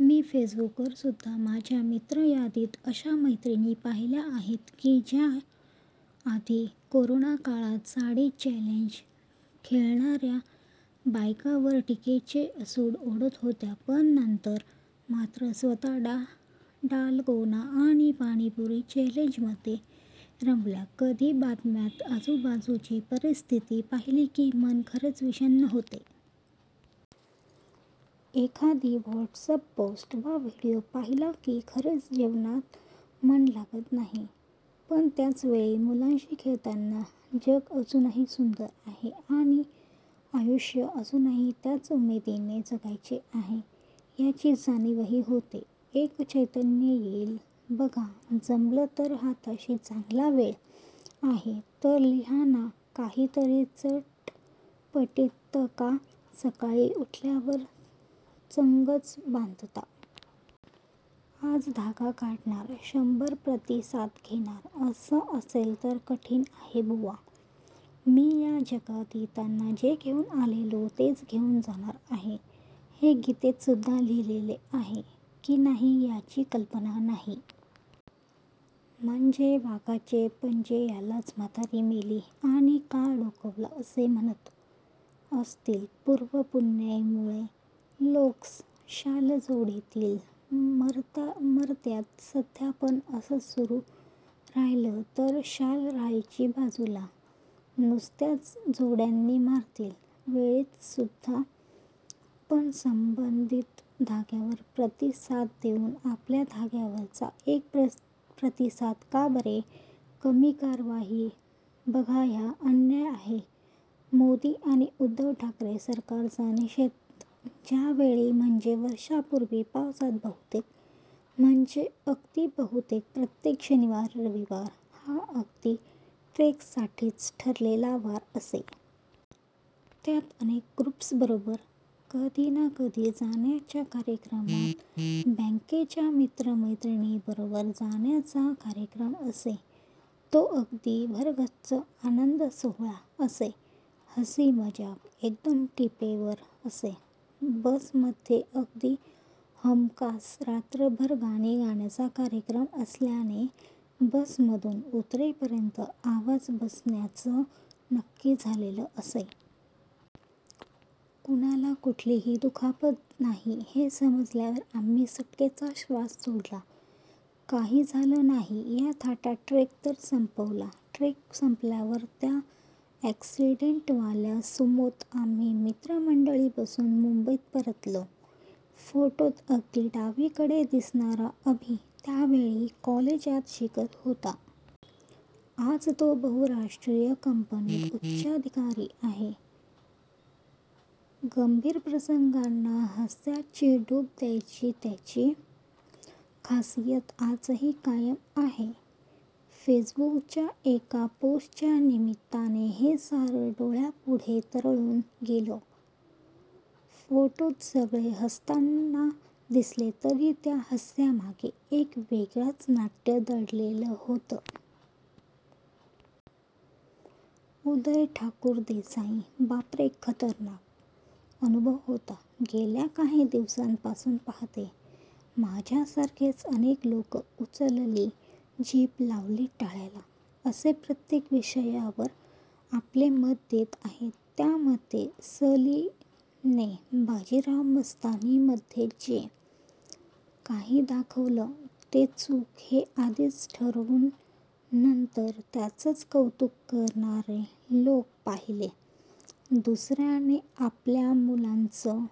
मी फेसबूकवर् सुद्धा माझ्या मित्रयादीत अश्या मैत्रीणी पाहिल्या आहेत की ज्या आधी कोरोनाकाळात साडी चॅलेंज खेळणारया बायकांवर टिकेचे असूड ओढत होत्या. पण नंतर मात्र स्व्त: डालगोना आणि पाणीपुरी चॅलेंजमध्ये रमल्या.. कधी बातम्यात आजूबाजूची परिस्थिती पाहिली की मन खरेच विषण्ण होते. एखादी व्हॉटसपपोस्ट वा विडिओ पाहिला की खरेच जेवणात मन लागत नाही. पण त्याचवेळी मुलांशी खेळताना जग अजूनही सुंदर आहे आणि आयुष्य अजूनही त्याच उमेदीने जगायचे आहे याची जाणीवही होते. एक चैतन्य येईल ^बघा जमलं तरहाताशी चांगला वेळ आहे तर लिहा ना काहीतरी चटपटीतका सकाळी उठल्यावर चंगच बांधता.. आज धागा काढणार शंभर प्रतिसाद घेणार.. असं असेल तर कठिण आहे बुआ.. मी या जगात येताना जे घेऊन आलेलो तेच घेऊन जाणार आहे. हे गीतेत सुद्धा लिहिले आहे की नाही याची कल्पना नाही. म्हणजे वाघाचे पंजेयालाच म्हातारी मेली आणि काळ डोकावला असे म्हणत असतीलपुर्वपुण्याईमुळे लोक्स शालजोडीतली मारत्यात सध्या पण असच सुरू राह्यलं तर शाल राह्यची बाजूला, नुसत्याच जोड्यानी मारतील. वेळीच सुद्रा. पण संबंधित धाग्यावर प्रतिसाद देऊन आपल्या धाग्यावरचा एक प्रतिसाद का बरे कमी करावाहि बघाहा अन्याय आहे, मोदी आणि उद्धव ठाकरे सरकारचा निषेध त्यावेळी म्हणजे वर्षांपूर्वी पावसात बहुतेक म्हंजे अगदी बहुतेक प्रत्येक शनिवार-रविवार हा अगदी ट्रेक साठीच ठरलेला वार असे. त्यात अनेक ग्रुप्सबरोबर कधी ना कधी जाण्याच्या कार्यक्रमात बँकेच्या मित्रमैत्रिणींबरोबर जाण्याचा कार्यक्रम असे. तो अगदी भरगच्च आनंदसोहोळा असे. हसी-मजाक एकदम टीपेवर असे. बसमधे अगदी हमखास रात्रभर गाणी गाण्याचा कार्यक्रम असल्याने बसमधून उतरेपर्यंत आवाज बसण्याचं नक्की झालेलं असे. कुणाला कुठलीही दुखापत नाही हे समजल्यावर आम्ही सुटकेचा श्वास सोडला. काही झालं नाही या थाटात ट्रेक तर संपवला. ट्रेक संपल्यावर 'त्या ' ऍक्सिडेंटवाल्या सुमो त आम्ही मित्रमंडळी बसून मुंबईत परतलो. फोटोत अगदी डावीकडे दिसणारा अभि त्यावेळी कॉलेजात शिकत होता. आज तो बहुराष्ट्रीय कंपनीत उच्चाधिकारी आहे. गंभीर प्रसंगांना हास्याची डूब द्यायची त्याची खासियत आजही कायम आहे. फेसबुक च्या एका पोस्ट च्या निमित्ताने हे सारं डोळ्यापुढे तरळून गेलं. फोटोत सगळे हसताना दिसले तरी त्या हास्यामागे एक वेगळाच नाट्य दडलेलं होतं. उदय ठाकूरदेसाई. बापरे खतरनाक अनुभव होता. गेल्या काही दिवसांपासून पाहतेय, माझ्यासारखेच अनेक लोक 'उचलली जीभ लावली टाळ्याला' असे प्रत्येक विषयावर आपले मत देत आहेत. त्यामध्ये, स. ली. ने बाजीराव मस्तानी मध्ये जे काही दाखवलं ते चूक हे आधीच ठरवून, नंतर त्याचंच कौतुक करणारे लोक पाहिले. दुसऱ्याने आपल्या मुलाचं